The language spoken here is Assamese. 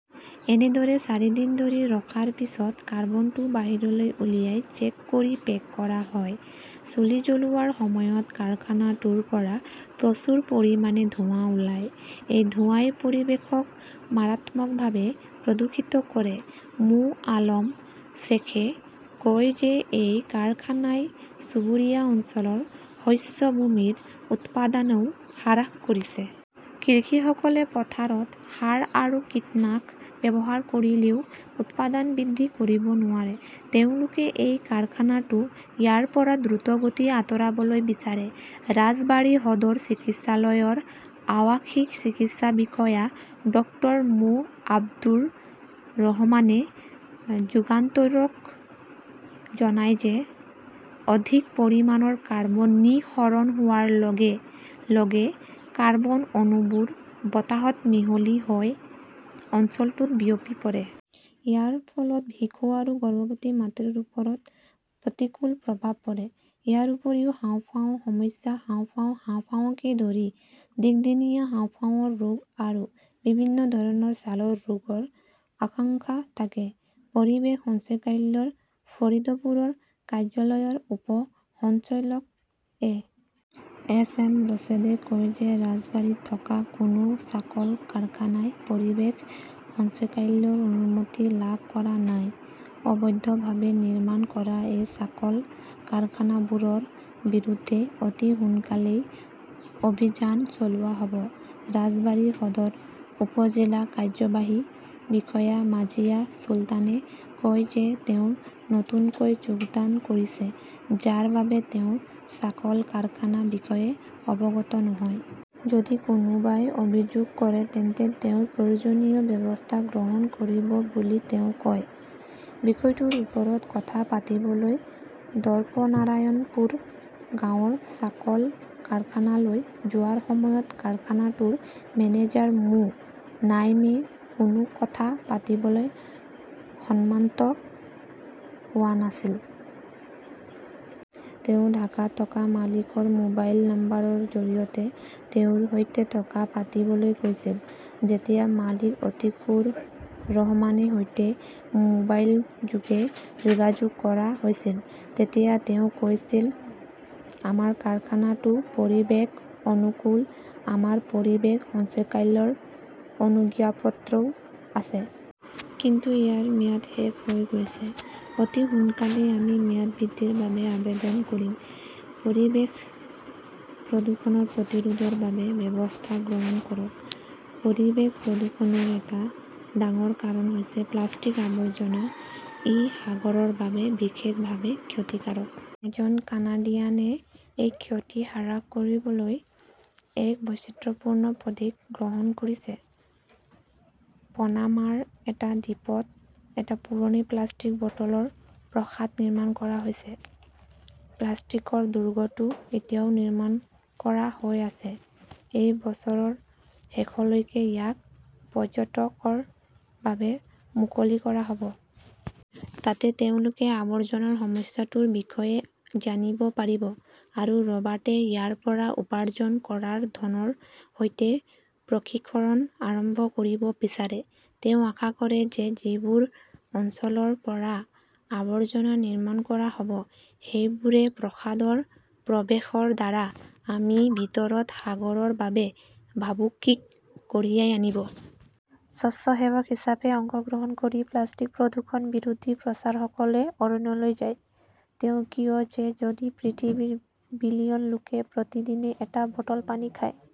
এনেদৰে চাৰিদিন ধৰি ৰখাৰ পিছত কাৰ্বনটো বাহিৰলৈ উলিয়াই ক্ৰেশ্ব কৰি পেক কৰা হয়। চুলি জ্বলোৱাৰ সময়ত কাৰখানাটোৰ পৰা প্ৰচুৰ পৰিমাণে ধোঁৱা ওলাই। এই ধোঁৱাই পৰিৱেশক মাৰাত্মকভাৱে প্ৰদূষিত কৰে। মো. আলম শ্বেইখে কয় যে এই কাৰখানাই চুবুৰীয়া অঞ্চলৰ শস্য ভূমিৰ উৎপাদনও হ্ৰাস কৰিছে। কৃষকসকলে পথাৰত সাৰ আৰু কীটনাশক ব্যৱহাৰ কৰিলেও উৎপাদন বৃদ্ধি কৰিব নোৱাৰে। তেওঁলোকে এই কাৰখানাটো ইয়াৰ পৰা দ্ৰুতগতিত আঁতৰাবলৈ বিচাৰে। ৰাজবাৰী সদৰ চিকিৎসালয়ৰ আৱাসিক চিকিৎসা বিষয়া ডাঃ মো. আব্দুৰ ৰহমানে যুগান্তৰক জনায় যে অধিক পৰিমাণৰ কাৰ্বন নিঃসৰণ হোৱাৰ লগে লগে কাৰ্বন অণুবোৰ বতাহত মিহলি হৈ অঞ্চলটোত বিয়পি পৰে। ইয়াৰ ফলত শিশু আৰু গৰ্ভৱতী মাতৃৰ ওপৰত প্ৰতিকূল প্ৰভাৱ পৰে। ইয়াৰ উপৰিও হাঁওফাঁওৰ সমস্যা, হাঁওফাঁও, হাঁওফাঁওকে ধৰি দীৰ্ঘদিনীয়া হাঁওফাঁওৰ ৰোগ আৰু বিভিন্ন ধৰণৰ ছালৰ ৰোগৰ আশংকা থাকে। পৰিৱেশ সঞ্চালকালয়ৰ ফৰিদপুৰ কাৰ্যালয়ৰ উপ সঞ্চালক এ. এইচ. এম. ৰছেদে কয় যে ৰাজবাৰীত থকা কোনো চাৰ্কল কাৰখানাই পৰিৱেশ সঞ্চালকালয়ৰ অনুমতি লাভ কৰা নাই। অবৈধভাৱে নিৰ্মাণ কৰা এই চাৰ্কল কাৰখানাবোৰৰ বিৰুদ্ধে অতি সোনকালেই অভিযান চলোৱা হ'ব। ৰাজবাৰী সদৰ উপ-জিলা কাৰ্যবাহী বিষয়া মাৰ্জিয়া চুলতানে কয় যে তেওঁ নতুনকৈ যোগদান কৰিছে যাৰ বাবে তেওঁ চাৰ্কল কাৰখানাৰ বিষয়ে অৱগত নহয়। যদি কোনোবাই অভিযোগ কৰে তেন্তে তেওঁ প্ৰয়োজনীয় ব্যৱস্থা গ্ৰহণ কৰিব বুলি তেওঁ কয়। বিষয়টোৰ ওপৰত কথা পাতিবলৈ দৰ্পনাৰায়ণপুৰ গাঁৱৰ চাৰ্কল কাৰখানালৈ যোৱাৰ সময়ত কাৰখানাটোৰ মেনেজাৰ মো. নাইমে কোনো কথা পাতিবলৈ সন্মত হোৱা নাছিল। তেওঁ ঢাকাত থকা মালিকৰ মোবাইল নম্বৰৰ জৰিয়তে তেওঁৰ সৈতে কথা পাতিবলৈ কৈছিল। যেতিয়া মালিক অতীকুৰ ৰহমানৰ সৈতে মোবাইলযোগে যোগাযোগ কৰা হৈছিল, তেতিয়া তেওঁ কৈছিল, "আমাৰ কাৰখানাটো পৰিৱেশ অনুকূল"। আমাৰ পৰিৱেশ সঞ্চালকালয়ৰ অনুজ্ঞাপত্ৰও আছে। কিন্তু ইয়াৰ ম্যাদ শেষ হৈ গৈছে। অতি সোনকালেই আমি ম্যাদ বৃদ্ধিৰ বাবে আবেদন কৰিম। পৰিৱেশ প্ৰদূষণ প্ৰতিৰোধৰ বাবে ব্যৱস্থা গ্ৰহণ কৰক পৰিৱেশ প্ৰদূষণৰ এটা ডাঙৰ কাৰণ হৈছে প্লাষ্টিকৰ আৱৰ্জনা। ই সাগৰৰ বাবে বিশেষভাৱে ক্ষতিকাৰক। এজন কানাডিয়ানে এই ক্ষতি হ্ৰাস কৰিবলৈ এক বৈচিত্ৰপূৰ্ণ পদক্ষেপ গ্ৰহণ কৰিছে। পানামাৰ এটা দ্বীপত এটা পুৰণি প্লাষ্টিকৰ বটলৰ প্ৰাসাদ নিৰ্মাণ কৰা হৈছে। প্লাষ্টিকৰ দুৰ্গটো এতিয়াও নিৰ্মাণ কৰা হৈ আছে। এই বছৰৰ শেষৰলৈকে ইয়াক পৰ্যটকৰ বাবে মুকলি কৰা হ'ব। তাত তেওঁলোকে আৱৰ্জনাৰ সমস্যাটোৰ বিষয়ে জানিব পাৰিব আৰু ৰবাৰ্টে ইয়াৰ পৰা উপাৰ্জন কৰা ধনৰ সৈতে প্ৰশিক্ষণ আৰম্ভ কৰিব বিচাৰে। তেওঁ আশা কৰে যে যিবোৰ অঞ্চলৰ পৰা আৱৰ্জনা নিৰ্মাণ কৰা হ'ব, সেইবোৰে প্ৰাসাদৰ প্ৰৱেশদ্বাৰ আৰু ভিতৰত সাগৰৰ বাবে ভাবুকি কঢ়িয়াই আনিব। স্বেচ্ছাসেৱক হিচাপে অংশগ্ৰহণ কৰি প্লাষ্টিক প্ৰদূষণ বিৰোধী প্ৰচাৰকসকলে অৰণ্যলৈ যায়। তেওঁ কয় যে যদি পৃথিৱীৰ বিলিয়ন লোকে প্ৰতিদিনে এটা বটল পানীয় খায়।